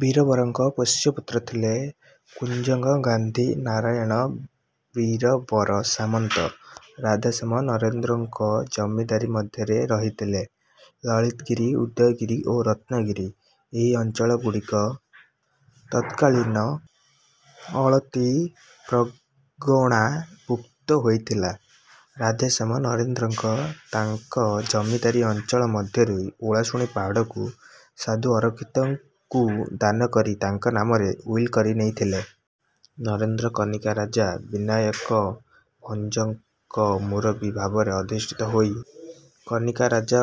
ବୀରବରଙ୍କ ପୋଷ୍ୟ ପୁତ୍ର ଥିଲେ କୁଜଙ୍ଗ ଗାନ୍ଧୀ ନାରାୟଣ ବୀରବର ସାମନ୍ତ। ରାଧାଶ୍ୟାମ ନରେନ୍ଦ୍ରଙ୍କ ଜମିଦାରୀ ମଧ୍ୟରେ ରହିଥିଲେ ଲଳିତଗିରି ଉଦୟଗିରି ଓ ରତ୍ନଗିରି। ଏହି ଅଞ୍ଚଳ ଗୁଡିକ ତତ୍କାଳୀନ ଅଳତୀ ପ୍ରଗଣା ଭୁକ୍ତ ହୋଇଥିଲା। ରାଧାଶ୍ୟାମ ନରେନ୍ଦ୍ରଙ୍କ ତାଙ୍କ ଜମିଦାରୀ ଅଞ୍ଚଳ ମଧ୍ୟରୁ ଓଳାସୁଣୀ ପାହାଡକୁ ସାଧୁ ଅରଖିତଙ୍କୁ ଦାନକରି ତାଙ୍କ ନାମରେ ଉଇଲ କରିନେଇଥିଲେ। ନରେନ୍ଦ୍ର କନିକା ରାଜା ବିନାୟକଭଞ୍ଜଙ୍କ ମୁରବୀ ଭାବରେ ଅଧିଷ୍ଠିତ ହୋଇ କନିକା ରାଜା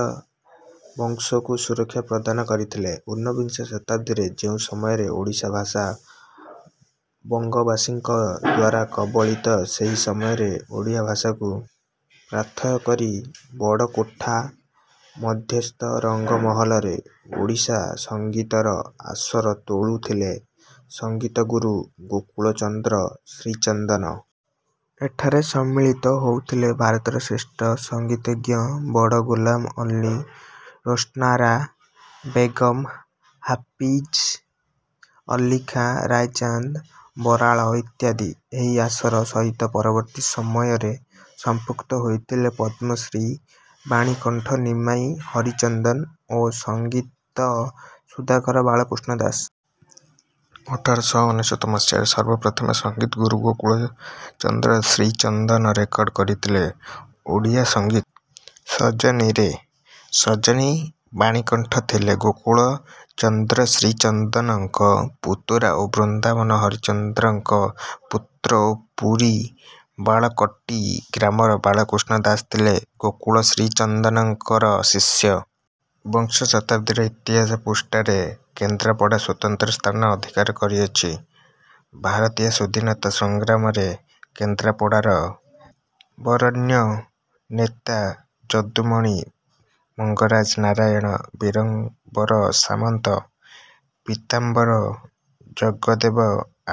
ବଂଶକୁ ସୁରକ୍ଷା ପ୍ରଦାନ କରିଥିଲେ। ଉନ୍ନବିଂଶ ଶତାବ୍ଦୀରେ ଯେଉଁ ସମୟରେ ଓଡ଼ିଆ ଭାଷା ବଙ୍ଗବାସୀଙ୍କ ଦ୍ୱାରାକବଳିତସେହି ସମୟରେ ଓଡ଼ିଆ ଭାଷାକୁ ପାଥେୟ କରି ବଡକୋଠା ମଧ୍ୟସ୍ଥ ରଙ୍ଗ ମହଲରେ ଓଡ଼ିଆ ସଂଗୀତର ଆସର ତୋଳୁଥିଲେ ସଙ୍ଗୀତଗୁରୁ ଗୋକୁଳ ଚନ୍ଦ୍ର ଶ୍ରୀଚନ୍ଦନ। ଏଠାରେ ସମ୍ମିଳିତ ହେଉଥିଲେ ଭାରତର ଶ୍ରେଷ୍ଠ ସଙ୍ଗୀତଜ୍ଞ ବଡ ଗୋଲମ ଅଲ୍ଲୀ ରୋସ୍ନାରା ବେଗମ ହାଫିଜ ଅଲ୍ଲୀ ଖାଁ ରାୟଚାନ୍ଦ ବରାଳ ଇତ୍ୟାଦି। ଏହି ଆସର ସହିତ ପରବର୍ତୀ ସମୟରେ ସମ୍ପୃକ୍ତ ହୋଇଥିଲେ ପଦ୍ମଶ୍ରୀ ବାଣୀକଣ୍ଠ ନିମାଇ ହରିଚନ୍ଦନ ଓ ସଙ୍ଗୀତ ସୁଧାକର ବାଳକୃଷ୍ଣ ଦାସ। ଅଠର ଶହ ଅନେଶ୍ୱତ ମସିହାରେ ସର୍ବ ପ୍ରଥମେ ସଙ୍ଗୀତ ଗୁରୁ ଗୋକୁଳ ଚନ୍ଦ୍ର ଶ୍ରୀଚନ୍ଦନ ରେକର୍ଡିଂ କରିଥିଲେ ଓଡ଼ିଆ ସଙ୍ଗୀତ ସଜନିରେ. ସଜନି ବାଣୀକଣ୍ଠ ଥିଲେ ଗୋକୁଳ ଚନ୍ଦ୍ର ଶ୍ରୀଚନ୍ଦନଙ୍କ ପୁତୁରା ଓ ବୃନ୍ଦାବନ ହରିଚନ୍ଦନଙ୍କ ପୁତ୍ର ଓ ପୁରୀ ବାଳକଟୀ ଗ୍ରାମର ବାଳକୃଷ୍ଣ ଦାସ ଥିଲେ ଗୋକୁଳ ଶ୍ରୀଚନ୍ଦଙ୍କର ଶିଷ୍ୟ। ବିଂଶ ଶତାବ୍ଦୀର ଇତିହାସ ପୃଷ୍ଠାରେ କେନ୍ଦ୍ରାପଡ଼ା ସ୍ୱତନ୍ତ୍ର ସ୍ଥାନ ଅଧିକାର କରିଅଛି। ଭାରତୀୟ ସ୍ୱାଧୀନତା ସଂଗ୍ରାମରେ କେନ୍ଦ୍ରପାଡ଼ାର ବରେଣ୍ୟ ନେତା ଯଦୁମଣି ମଙ୍ଗରାଜ ନାରାୟଣ ବୀରବର ସାମନ୍ତ ପୀତାମ୍ବର ଜଗଦେବ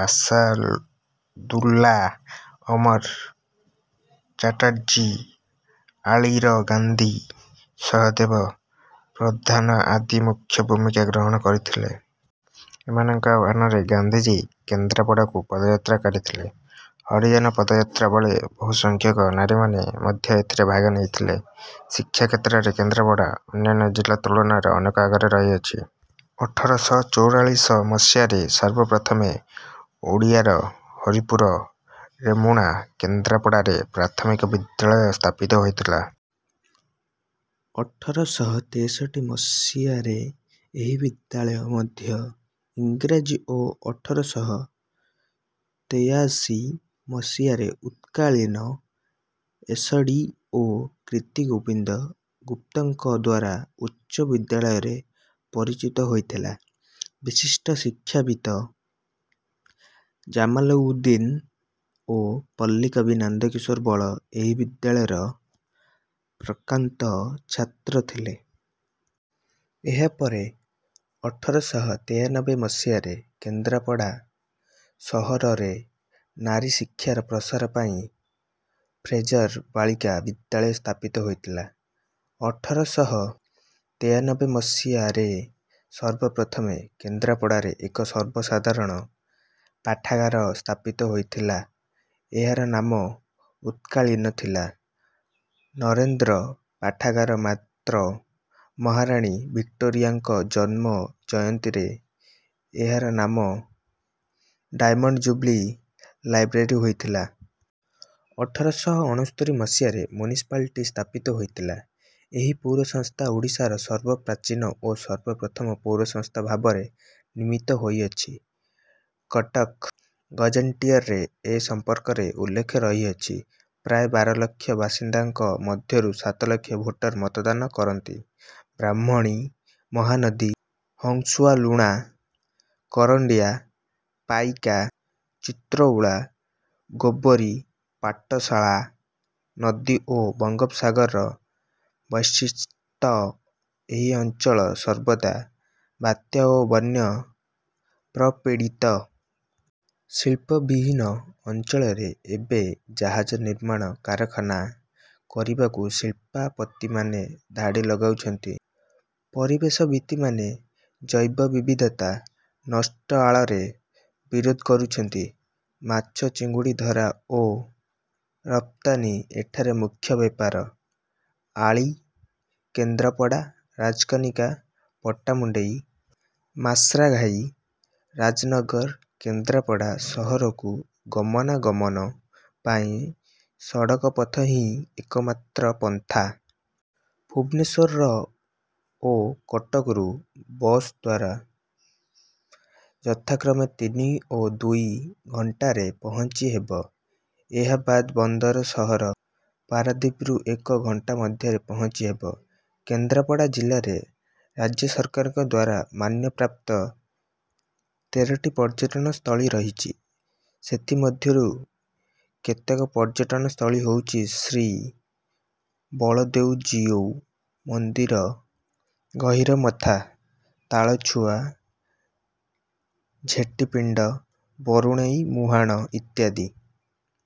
ଆଶାଦୁଲ୍ଲା ଅମର ଚାଟାର୍ଜୀ ଆଳିର ଗାନ୍ଧୀ ସହଦେବ ପ୍ରଧାନ ଆଦି ମୁଖ୍ୟ ଭୂମିକା ଗ୍ରହଣ କରିଥିଲେ। ଏମାନଙ୍କ ଆହ୍ୱାନରେ ଗାନ୍ଧୀଜୀ କେନ୍ଦ୍ରାପଡ଼ାକୁ ପଦଯାତ୍ରା କରିଥିଲେ। ହରିଜନ ପଦଯାତ୍ରା ବେଳେ ବହୁ ସଂଖ୍ୟକ ନାରୀମାନେ ମଧ୍ୟ ଏଥିରେ ଭାଗ ନେଇଥିଲେ। ଶିକ୍ଷା କ୍ଷେତ୍ରରେ କେନ୍ଦ୍ରାପଡ଼ା ଅନ୍ୟାନ୍ୟ ଜିଲ୍ଲା ତୁଳନାରେ ଅନେକ ଆଗରେ ରହିଅଛି। ଅଠର ଶହ ଚଉରାଳିଶ ମସିହାରେ ସର୍ବ ପ୍ରଥମେ ଓଡ଼ିଶାର ହରିପୂର ରେମୁଣା କେନ୍ଦ୍ରାପଡ଼ାରେ ପ୍ରାଥମିକ ବିଦ୍ୟାଳୟ ସ୍ଥାପିତ ହୋଇଥିଲା। ଅଠର ଶହ ତେଷଠି ମସିହାରେ ଏହି ବିଦ୍ୟାଳୟ ମଧ୍ୟ ଇଂରାଜୀ ଓ ଅଠର ଶହ ତେୟାସି ମସିହାରେ ତତ୍କାଳୀନ ଏସଡିଓ କୀର୍ତିଗୋବିନ୍ଦ ଗୁପ୍ତଙ୍କଦ୍ୱାରା ଉଚ ବିଦ୍ୟାଳୟରେ ପରିଚିତ ହୋଇଥିଲା। ବିଶିଷ୍ଟ ଶିକ୍ଷାବିତ ଜାମାଲଉଦ୍ଦୀନ ଓ ପଲ୍ଲୀକବି ନନ୍ଦକିଶୋର ବଳ ଏହି ବିଦ୍ୟାଳୟର ପ୍ରାକ୍ତନ ଛାତ୍ର ଥିଲେ। ଏହାପରେ ଅଠର ଶହ ତେୟାନବେ ମସିହାରେ କେନ୍ଦ୍ରାପଡା ସହରରେ ନାରୀଶିକ୍ଷାର ପ୍ରସାର ପାଇଁ ଫ୍ରେଜର ବାଳିକା ବିଦ୍ୟାଳୟ ସ୍ଥାପିତ ହୋଇଥିଲା। ଅଠର ଶହ ତେୟାନବେ ମସିହାରେସର୍ବ ପ୍ରଥମେ କେନ୍ଦ୍ରାପଡ଼ାରେ ଏକ ସର୍ବସାଧାରଣ ପାଠାଗାର ସ୍ଥାପିତ ହୋଇଥିଲାଏହାର ନାମ ତତ୍କାଳୀନ ଥିଲା ନରେନ୍ଦ୍ର ପାଠାଗାର ମାତ୍ର ମହାରାଣୀ ଭିକ୍ଟୋରିଆଙ୍କ ଜନ୍ମ ଜୟନ୍ତୀରେଏହାର ନାମ ଡାଏମଣ୍ଡ ଯୁବଲୀ ଲାଇବ୍ରେରୀ ହୋଇଥିଲା। ଅଠର ଶହ ଅଣସ୍ତରି ମସିହାରେ ମୁନିସିପାଲିଟି ସ୍ଥାପିତ ହୋଇଥିଲା। ଏହି ପୌରସଂସ୍ଥା ଓଡ଼ିଶାର ସର୍ବପ୍ରଚୀନ ଓ ସର୍ବପ୍ରଥମ ପୌରସଂସ୍ଥା ଭାବରେ ନମିତା ହୋଇଅଛି। କଟକ ଗେଜେଟିୟରରେ ଏ ସମ୍ପର୍କରେ ଉଲ୍ଲେଖ ରହିଅଛି। ପ୍ରାୟ ବାରଲକ୍ଷ ବାସିନ୍ଦାଙ୍କ ମଧ୍ୟରୁ ସାତ ଲକ୍ଷ ଭୋଟର ମତଦାନ କରନ୍ତି। ବ୍ରାହ୍ମଣୀ ମହାନଦୀ ହଂସୁଆ ଲୁଣା କରାଣ୍ଡିଆ ପାଇକା ଚିତ୍ରତ୍ତ୍ୱଳା ଗୋବରୀ ପାଟଶାଳା ନଦୀ ଓ ବଙ୍ଗୋପସାଗର ବେଷ୍ଟୀତ ଏହି ଅଞ୍ଚଳ ସର୍ବଦା ବାତ୍ୟା ଓ ବନ୍ୟା ପ୍ରପିଡିତ। ଶୀଳ୍ପ ବିହୀନ ଅଞ୍ଚଳରେ ଏବେ ଜାହଜ ନିର୍ମାଣ କାରଖାନା କରିବାକୁ ଶିଳ୍ପପତିମାନେ ଧାଡି ଲଗାଉଛନ୍ତି। ପରିବେଶବିତମାନେ ଜୈବ ବିବିଧତା ନଷ୍ଟ ଆଳରେ ବିରୋଧ କରୁଛନ୍ତି। ମାଛ ଚିଙ୍ଗୁଡିଧରା ଓ ରପ୍ତାନି ଏଠାରେ ମୁଖ୍ୟ ବେପାର। ଆଳି କେନ୍ଦ୍ରାପଡ଼ା ରାଜକନିକା ପଟ୍ଟାମୁଣ୍ଡାଇ ମାର୍ଶାଘାଇ ରାଜନଗର କେନ୍ଦ୍ରାପଡ଼ା ସହରକୁ ଗମନା ଗମନ ପାଇଁ ସଡକ ପଥ ହିଁ ଏକମାତ୍ର ପନ୍ଥା। ଭୁବନେଶ୍ୱର ଓ କଟକରୁ ବସଦ୍ୱାରା ଯଥାକ୍ରମେ ତିନି ଓ ଦୁଇ ଘଂଟାରେ ପହଂଚି ହେବ। ଏହାବାଦ ବନ୍ଦର ସହର ପାରାଦୀପରୁ ଏକ ଘଣ୍ଟା ମଧ୍ୟରେ ପହଂଚି ହେବ। କେନ୍ଦ୍ରାପଡ଼ା ଜିଲ୍ଲାରେ ରାଜ୍ୟସରକାରଙ୍କଦ୍ୱାରା ମାନ୍ୟତାପ୍ରାପ୍ତ ତେରଟି ପର୍ଯ୍ୟଟନ ସ୍ଥଳ ରହିଚି। ସେଥିମଧ୍ୟରୁ କେତେକ ପର୍ଯ୍ୟଟନ ସ୍ଥଳ ହୋଉଚି ଶ୍ରୀ ବଳଦେବଜୀଉ ମନ୍ଦିର ଗହିରମଥା ତାଳଚୁଆ ଛେଟୀ ପିଣ୍ଡ ବରୁଣେଇ ମୁହାଣ ଇତ୍ୟାଦି।